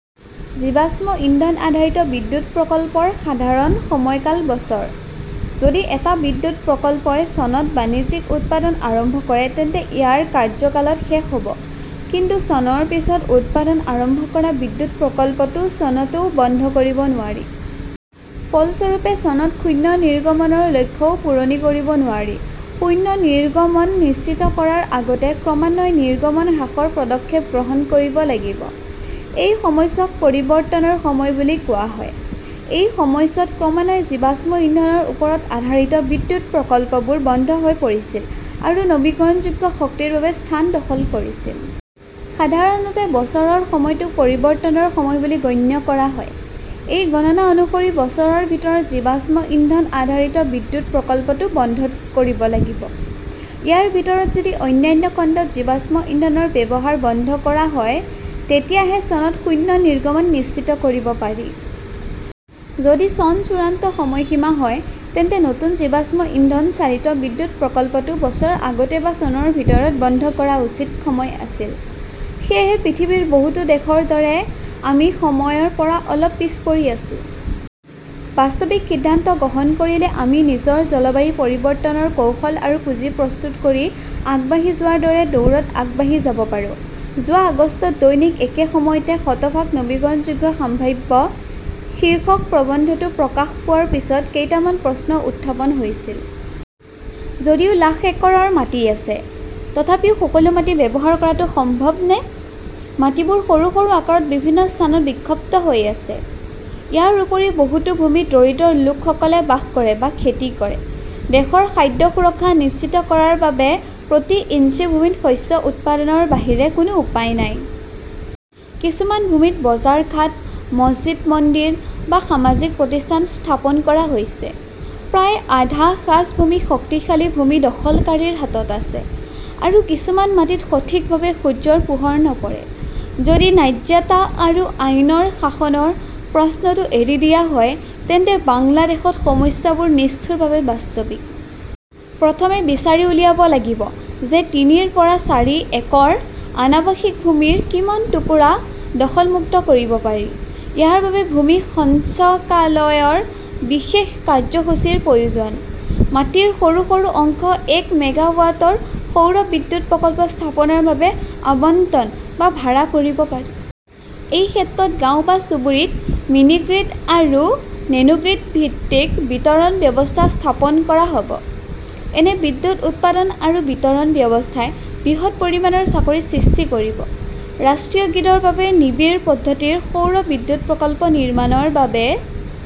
জীৱাশ্ম ইন্ধন-আধাৰিত বিদ্যুৎ প্ৰকল্পৰ সাধাৰণ সময়কাল বছৰ। যদি এটা বিদ্যুৎ প্ৰকল্পই চনত বাণিজ্যিক উৎপাদন আৰম্ভ কৰে তেন্তে ইয়াৰ কাৰ্যকাল ত শেষ হ 'ব। কিন্তু চনৰ পিছত উৎপাদন আৰম্ভ কৰা বিদ্যুৎ প্ৰকল্পটো চনতও বন্ধ কৰিব নোৱাৰি। ফলস্বৰূপে, চনত শূন্য নিৰ্গমনৰ লক্ষ্যও পূৰণ কৰিব নোৱাৰি। শূন্য নিৰ্গমন নিশ্চিত কৰাৰ আগতে ক্ৰমান্বয়ে নিৰ্গমন হ্ৰাসৰ পদক্ষেপ গ্ৰহণ কৰিব লাগিব। এই সময়ছোৱাক পৰিৱৰ্তনৰ সময় বুলি কোৱা হয়। এই সময়ছোৱাত ক্ৰমান্বয়ে জীৱাশ্ম ইন্ধনৰ ওপৰত আধাৰিত বিদ্যুৎ প্ৰকল্পবোৰ বন্ধ হৈ পৰিছিল আৰু নৱীকৰণযোগ্য শক্তিৰ বাবে স্থান দখল কৰিছিল। সাধাৰণতে বছৰৰ সময়টোক পৰিৱৰ্তনৰ সময় বুলি গণ্য কৰা হয়। এই গণনা অনুসৰি, বছৰৰ ভিতৰত জীৱাশ্ম ইন্ধন-আধাৰিত বিদ্যুৎ প্ৰকল্পটো বন্ধ কৰিব লাগিব। ইয়াৰ ভিতৰত যদি অন্যান্য খণ্ডত জীৱাশ্ম ইন্ধনৰ ব্যৱহাৰ বন্ধ কৰা হয় তেতিয়াহে চনত শূন্য নিৰ্গমন নিশ্চিত কৰিব পাৰি। যদি চন চূড়ান্ত সময়সীমা হয়, তেন্তে নতুন জীৱাশ্ম ইন্ধন চালিত বিদ্যুৎ প্ৰকল্পটো বছৰ আগতে বা চনৰ ভিতৰত বন্ধ কৰা উচিত আছিল। সেয়েহে পৃথিৱীৰ বহুতো দেশৰ দৰে আমি সময়ৰ পৰা অলপ পিছ পৰি আছো। বাস্তৱিক সিদ্ধান্ত গ্ৰহণ কৰিলে আমি নিজৰ জলবায়ু পৰিৱৰ্তনৰ কৌশল আৰু পুঁজি প্ৰস্তুত কৰি আগবাঢ়ি যোৱাৰ দৰে দৌৰত আগবাঢ়ি যাব পাৰোঁ। যোৱা আগষ্টত দৈনিক একে সময়তে 'শতভাগ নৱীকৰণযোগ্য সম্ভাৱ্য "শীৰ্ষক প্ৰবন্ধটো প্ৰকাশ পোৱাৰ পিছত কেইটামান প্ৰশ্ন উত্থাপন হৈছিল। যদিও লাখ একৰ মাটি আছে, তথাপিও সকলো মাটি ব্যৱহাৰ কৰাটো সম্ভৱনে? মাটিবোৰ সৰু সৰু আকাৰত বিভিন্ন স্থানত বিক্ষিপ্ত হৈ আছে। ইয়াৰ উপৰিও বহুতো ভূমিত দৰিদ্ৰ লোকসকল বাস কৰে বা খেতি কৰে। দেশৰ খাদ্য সুৰক্ষা নিশ্চিত কৰাৰ বাবে প্ৰতি ইঞ্চি ভূমিত শস্য উৎপাদনৰ বাহিৰে কোনো উপায় নাই। কিছুমান ভূমিত বজাৰঘাট, মছজিদ-মন্দিৰ বা সামাজিক প্ৰতিষ্ঠান স্থাপন কৰা হৈছে। প্ৰায় আধা খাছভূমি শক্তিশালী ভূমি দখলকাৰীৰ হাতত আছে। আৰু কিছুমান মাটিত সঠিকভাৱে সূৰ্যৰ পোহৰ নপৰে। যদি ন্যায্যতা আৰু আইনৰ শাসনৰ প্ৰশ্নটো এৰি দিয়া হয়, তেন্তে বাংলাদেশত সমস্যাবোৰ নিষ্ঠুৰভাৱে বাস্তৱিক। প্ৰথমে বিচাৰি উলিয়াব লাগিব যে তিনিৰ পৰা চাৰি একৰ অনাবাসিক ভূমিৰ কিমান টুকুৰা দখল-মুক্ত কৰিব পাৰি। ইয়াৰ বাবে ভূমি সঞ্চালকালয়ৰ বিশেষ কাৰ্যসূচীৰ প্ৰয়োজন। মাটিৰ সৰু সৰু অংশ এক মেগাৱাটৰ সৌৰ বিদ্যুৎ প্ৰকল্প স্থাপনৰ বাবে আবণ্টন বা ভাড়া কৰিব পাৰি। সেই ক্ষেত্ৰত গাঁৱ বা চুবুৰীত মিনিগ্ৰিড আৰু নেনোগ্ৰিড ভিত্তিক বিতৰণ ব্যৱস্থা স্থাপন কৰা হ "ব। এনে বিদ্যুৎ উৎপাদন আৰু বিতৰণ ব্যৱস্থাই বৃহৎ পৰিমাণৰ চাকৰি সৃষ্টি কৰিব। ৰাষ্ট্ৰীয় গ্ৰীডৰ বাবে নিবিড় পদ্ধতিৰ সৌৰ বিদ্যুৎ প্ৰকল্প নিৰ্মাণৰ বাবে